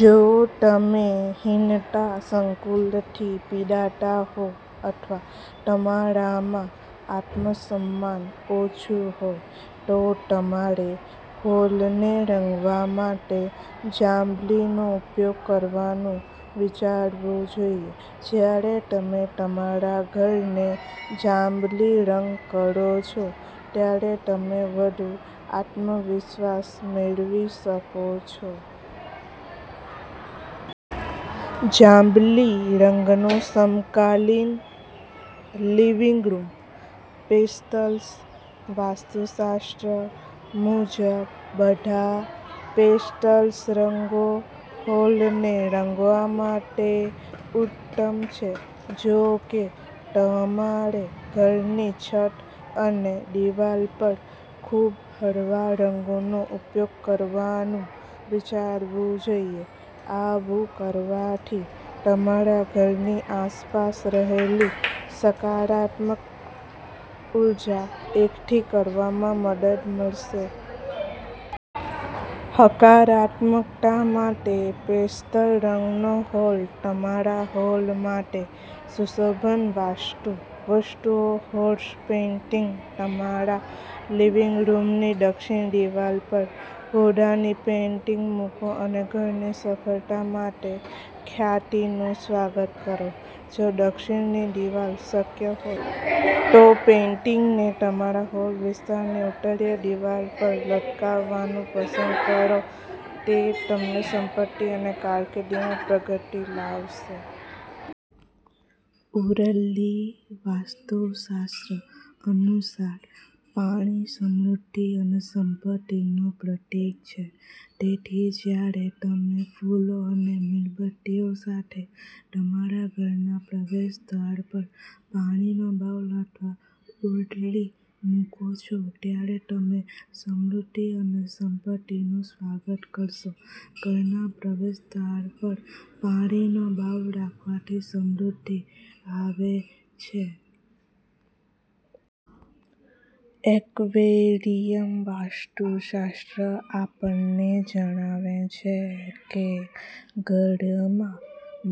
જો તમે હીનતા સંકુલથી પીડાતા હોવ અથવા તમારામાં આત્મસન્માન ઓછું હોય, તો તમારે હોલને રંગવા માટે જાંબલીનો ઉપયોગ કરવાનું વિચારવું જોઈએ. જ્યારે તમે તમારા ઘરને જાંબલી રંગ કરો છો ત્યારે તમે વધુ આત્મવિશ્વાસ મેળવી શકો છો. જાંબલી રંગનો સમકાલીન લિવિંગ રૂમ પેસ્ટલ્સ વાસ્તુશાસ્ત્ર મુજબ, બધા પેસ્ટલ રંગો હોલને રંગવા માટે ઉત્તમ છે. જો કે, તમારે ઘરની છત અને દિવાલ પર ખૂબહળવા રંગોનો ઉપયોગ કરવાનું વિચારવું જોઈએ. આવું કરવાથી તમારા ઘરની આસપાસ રહેલી સકારાત્મક ઉર્જા એકઠી કરવામાં મદદ મળશે. હકારાત્મકતા માટે પેસ્ટલ રંગનો હોલ તમારા હોલ માટે સુશોભન વાસ્તુ વસ્તુઓ હોર્સ પેઇન્ટિંગતમારા લિવિંગ રૂમની દક્ષિણ દિવાલ પર ઘોડાની પેઇન્ટિંગ મૂકો અને ઘરની સફળતા અને ખ્યાતિનું સ્વાગત કરો. જો દક્ષિણની દિવાલ શક્યહોય, તોપેઇન્ટિંગને તમારા હોલ વિસ્તારની ઉત્તરીય દિવાલ પર લટકાવવાનું પસંદ કરોતે તમને સંપત્તિ અને કારકિર્દીમાં પ્રગતિ લાવશે. ઉરલીવાસ્તુશાસ્ત્ર અનુસાર, પાણી સમૃદ્ધિ અને સંપત્તિનું પ્રતીક છે. તેથી, જ્યારે તમે ફૂલો અને મીણબત્તીઓ સાથે તમારા ઘરના પ્રવેશદ્વાર પર પાણીનો બાઉલ અથવા ઉર્લી મૂકો છો ત્યારે તમે સમૃદ્ધિ અને સંપત્તિનું સ્વાગત કરશો. ઘરના પ્રવેશદ્વાર પર પાણીનો બાઉલ રાખવાથી સમૃદ્ધિ આવે છે. એક્વેરિયમવાસ્તુશાસ્ત્ર આપણને જણાવે છે કે ઘરમાં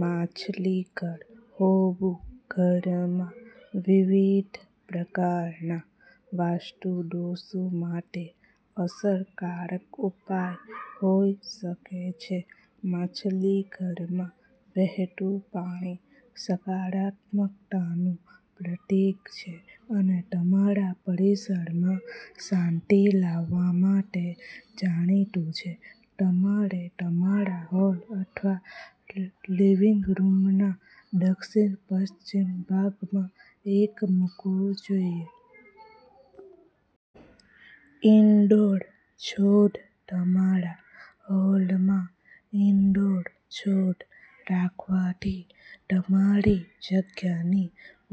માછલીઘર હોવુંઘરમાં વિવિધ પ્રકારના વાસ્તુ દોષો માટે અસરકારક ઉપાય હોઈ શકે છે. માછલીઘરમાં વહેતું પાણી સકારાત્મકતાનું પ્રતીક છે અને તમારા પરિસરમાં શાંતિ લાવવા માટે જાણીતું છે. તમારે તમારા હોલ અથવા લિવિંગ રૂમના દક્ષિણ-પશ્ચિમ ભાગમાં એક મૂકવું જોઈએ. ઇન્ડોર છોડતમારા હોલમાં ઇન્ડોર છોડ રાખવાથી તમારી જગ્યાની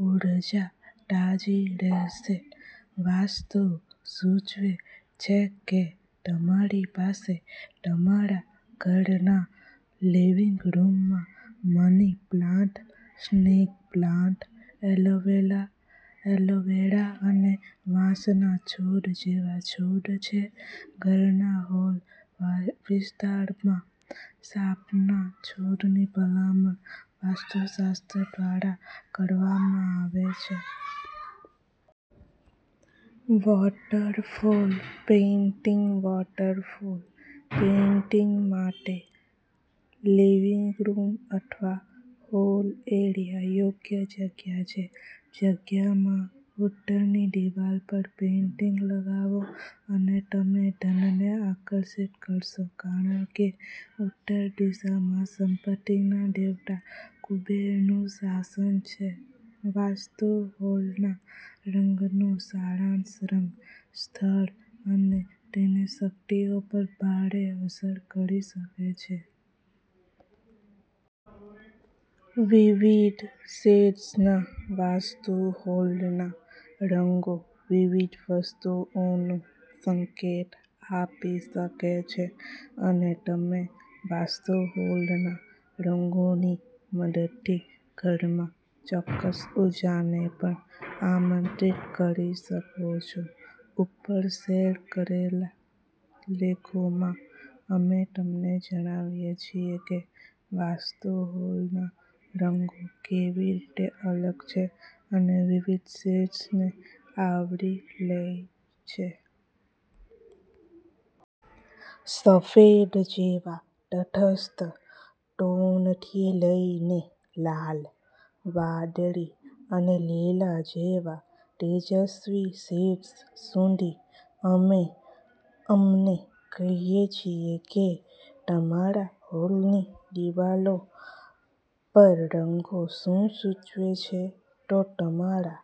ઉર્જા તાજી રહેશે. વાસ્તુ સૂચવે છે કે તમારી પાસે તમારા ઘરના લિવિંગ રૂમમાં money plant, snake plant, aloe vera અને વાંસના છોડ જેવા છોડ છે. ઘરના હોલ વિસ્તારમાં સાપના છોડની ભલામણ વાસ્તુશાસ્ત્ર દ્વારા કરવામાં આવે છે. વોટરફોલ પેઇન્ટિંગવોટરફોલ પેઇન્ટિંગ માટે લિવિંગ રૂમ અથવા હોલ એરિયા યોગ્ય જગ્યા છે. જગ્યામાં ઉત્તરની દીવાલ પર પેઇન્ટિંગ લગાવો અને તમે ધનને આકર્ષિત કરશો કારણ કે ઉત્તર દિશામાં સંપત્તિના દેવતા કુબેરનું શાસન છે. વાસ્તુ હોલના રંગનો સારાંશ રંગ સ્થળ અને તેની શક્તિઓ પર ભારે અસર કરી શકે છે. વિવિધ શેડ્સના વાસ્તુ હોલના રંગો વિવિધ વસ્તુઓનો સંકેત આપી શકે છે અને તમે વાસ્તુ હોલના રંગોની મદદથી ઘરમાં ચોક્કસ ઊર્જાને પણ આમંત્રિત કરી શકો છો. ઉપર શેર કરેલા લેખોમાં, અમે તમને જણાવીએ છીએ કે વાસ્તુ હોલના રંગો કેવી રીતે અલગ છે અને વિવિધ શેડ્સને આવરી લે છે. સફેદ જેવા તટસ્થ ટોનથી લઈને લાલ, વાદળી અને લીલા જેવા તેજસ્વી શેડ્સ સુધી, અમે અમને કહીએ છીએ કે તમારા હોલની દિવાલો પરરંગો શું સૂચવે છે. તો તમારા